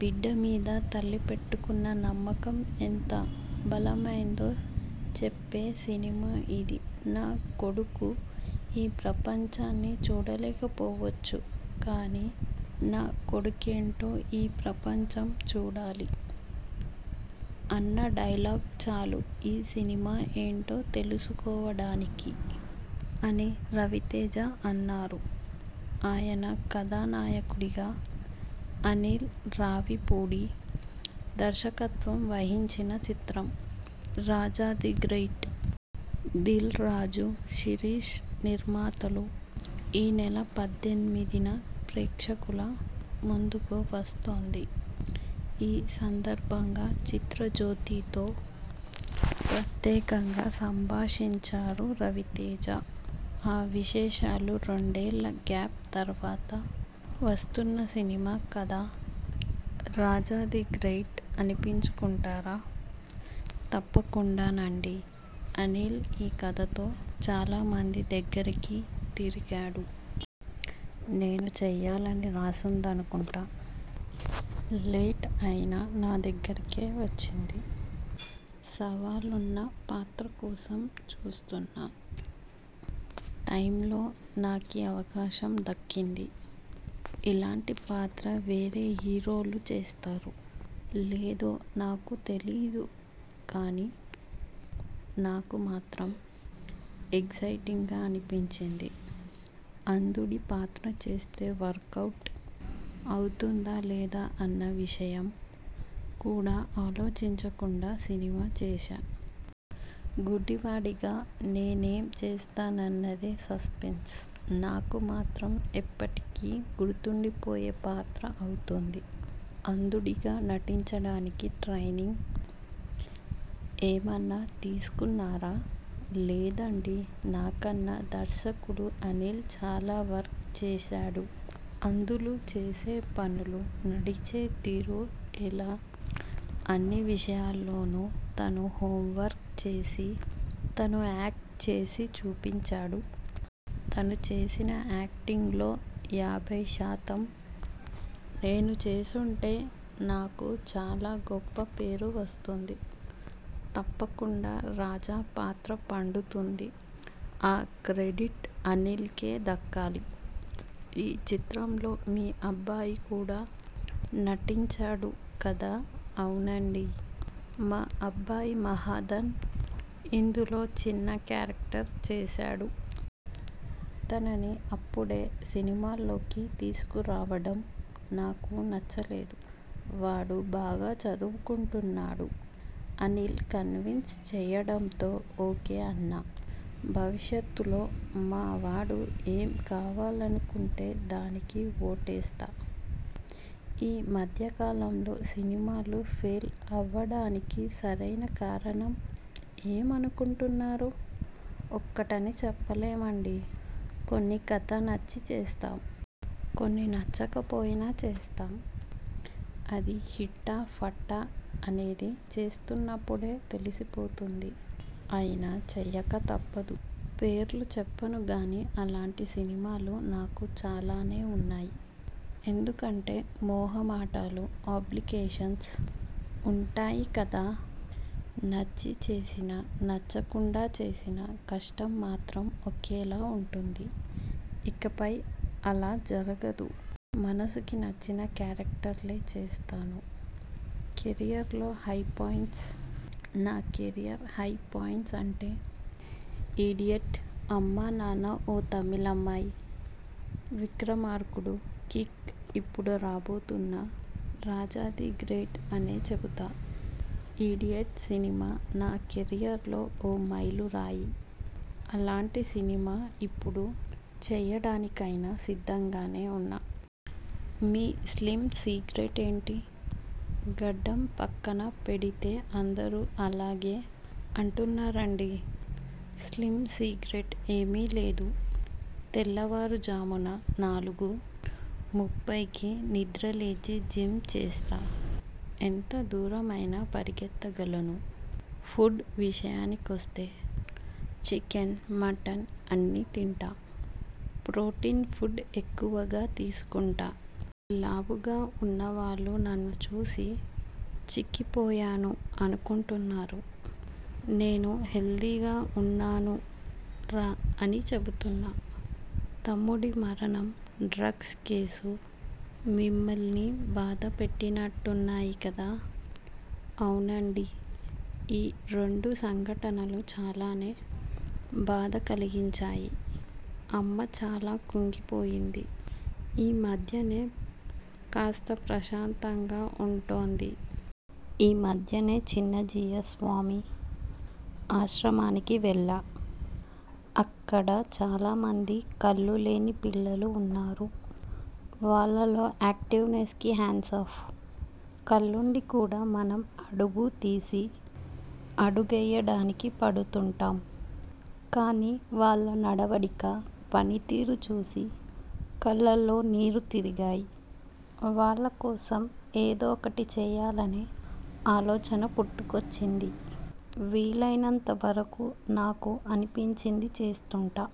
బిడ్డ మీద తల్లి పెట్టుకున్న నమ్మకం ఎంత బలమైందో చెప్పే సినిమా ఇది. 'నా కొడుకు ఈ ప్రపంచాన్ని చూడలేకపోవచ్చు. కానీ నా కొడుకేంటో ఈ ప్రపంచం చూడాలి' అన్న డైలాగ్ చాలు ఈ సినిమా ఏంటో తెలుసుకోవడానికి'' అని రవితేజ అన్నారు. ఆయన కథానాయకుడిగా అనిల్ రావిపూడి దర్శకత్వం వహించిన చిత్రం 'రాజా ది గ్రేట్'. దిల్ రాజు, శిరీశ్ నిర్మాతలు. ఈ నెల పద్దెనిమిదిన ప్రేక్షకుల ముందుకు వస్తోంది. ఈ సందర్భంగా 'చిత్రజ్యోతి'తో ప్రత్యేకంగా సంభాషించారు రవితేజ. ఆ విశేషాలురెండేళ్ల గ్యాప్ తర్వాత వస్తున్న సినిమా కదా. 'రాజా ది గ్రేట్' అనిపించుకుంటారా? తప్పకుండానండీ. అనిల్ ఈ కథతో చాలామంది దగ్గరికి తిరిగాడు. నేను చెయ్యాలని రాసుందనుకుంటా. లేట్ అయినా నా దగ్గరికే వచ్చింది. సవాలున్న పాత్ర కోసం చూస్తున్న టైమ్లో నాకీ అవకాశం దక్కింది. ఇలాంటి పాత్ర వేరే హీరోలు చేస్తారో లేదో నాకు తెలీదు కానీ నాకు మాత్రం ఎగ్జైటింగ్గా అనిపించింది. అంధుడి పాత్ర చేస్తే వర్కవుట్ అవుతుందా లేదా అన్న విషయం కూడా ఆలోచించకుండా సినిమా చేశా. గుడ్డివాడిగా నేనేం చేస్తాననేది సస్పెన్స్. నాకు మాత్రం ఎప్పటికీ గుర్తుండిపోయే పాత్ర అవుతుంది. అంధుడిగా నటించడానికి ట్రైనింగ్ ఏమన్నా తీసుకున్నారా? లేదండీ. నాకన్నా దర్శకుడు అనిల్ చాలా వర్క్ చేశాడు. అంధులు చేసే పనులు, నడిచే తీరు ఇలా అన్ని విషయాల్లోనూ తను హోమ్వర్క్ చేసి తను యాక్ట్ చేసి చూపించాడు. తను చేసిన యాక్టింగ్లో యాభై శాతం నేను చేసుంటే నాకు చాలా గొప్ప పేరొస్తుంది. తప్పకుండా రాజా పాత్ర పండుతుంది. ఆ క్రెడిట్ అనిల్కే దక్కాలి. ఈ చిత్రంలో మీ అబ్బాయి కూడా నటించాడు కదా? అవునండీ.. మా అబ్బాయి మహాధన్ ఇందులో చిన్న క్యారెక్టర్ చేశాడు. తనని అప్పుడే సినిమాల్లోకి తీసుకురావడం నాకు ఇష్టం లేదు. వాడు బాగా చదువుకుంటున్నాడు. అనిల్ కన్విన్స్ చెయ్యడంతో ఓకే అన్నా. భవిష్యత్తులో మావాడు ఏం కావాలనుకుంటే దానికే ఓటేస్తా. ఈ మధ్యకాలంలో సినిమాలు ఫెయిల్ అవ్వడానికి సరైన కారణం ఏమనుకుంటున్నారు? ఒకటని చెప్పలేమండీ. కొన్ని కథ నచ్చి చేస్తాం. కొన్ని నచ్చకపోయినా చేస్తాం. అది హిట్టా ఫట్టా అనేది చేస్తున్నప్పుడే తెలిసిపోతుంది. అయినా చెయ్యక తప్పదు. పేర్లు చెప్పనుగానీ అలాంటి సినిమాలు నాకు చాలానే ఉన్నాయి. ఎందుకంటే మోహమాటాలు, ఆబ్లిగేషన్స్ ఉంటాయి కదా. నచ్చి చేసినా, నచ్చకుండా చేసినా కష్టం మాత్రం ఒకేలా ఉంటుంది. ఇకపై అలా జరగదు. మనసుకి నచ్చిన క్యారెక్టర్లే చేస్తాను. కెరీర్లో హై పాయింట్స్? నా కెరీర్ హై పాయింట్స్ అంటే 'ఇడియట్', 'అమ్మానాన్న ఓ తమిళమ్మాయి', 'విక్రమార్కుడు', 'కిక్' ఇప్పుడు రాబోతున్న 'రాజా ది గ్రేట్ అనే చెబుతా. 'ఇడియట్' సినిమా నా కెరీర్లో ఓ మైలురాయి. అలాంటి సినిమా ఇప్పుడు చెయ్యడానికైనా సిద్ధంగానే ఉన్నా. మీ స్లిమ్ సీక్రెట్ ఏంటి? గడ్డం పక్కన పెడితే అందరూ అలాగే అంటున్నారండీ. స్లిమ్ సీక్రెట్ ఏమీ లేదు. తెల్లవారుజామున నాలుగు ముప్పైకి నిద్రలేచి జిమ్ చేస్తా. ఎంత దూరమైనా పరిగెత్తగలను. ఫుడ్ విషయానికొస్తే.. చికెన్, మటన్ అన్నీ తింటా. ప్రోటీన్ ఫుడ్ ఎక్కువగా తీసుకుంటా. లావుగా ఉన్నవాళ్లు నన్ను చూసి చిక్కిపోయాను అనుకుంటున్నారు. 'నేను హెల్దీగా ఉన్నాను రా' అని చెబుతున్నా. తమ్ముడి మరణం, డ్రగ్స్ కేసు మిమ్మల్ని బాధ పెట్టినట్టున్నాయి కదా? అవునండీ. ఈ రెండు సంఘటనలు చాలానే బాధ కలిగించాయి. అమ్మ చాలా కుంగిపోయింది. ఈ మధ్యనే కాస్త ప్రశాంతంగా ఉటోంది. ఈ మధ్యనే చిన్నజీయర్స్వామి ఆశ్రమానికి వెళ్లా. అక్కడ చాలామంది కళ్లులేని పిల్లలు ఉన్నారు. వాళ్లలో యాక్టివ్నెస్కి హ్యాట్సాఫ్. కళ్లుండి కూడా మనం అడుగు తీసి అడుగేయడానికి పడుతుంటాం. కానీ వాళ్ల నడవడిక, పనితీరు చూసి కళ్లల్లో నీరు తిరిగాయి. వాళ్లకోసం ఏదొకటి చెయ్యాలనే ఆలోచన పుట్టుకొచ్చింది. వీలైనంత వరకూ నాకు అనిపించింది చేస్తుంటా.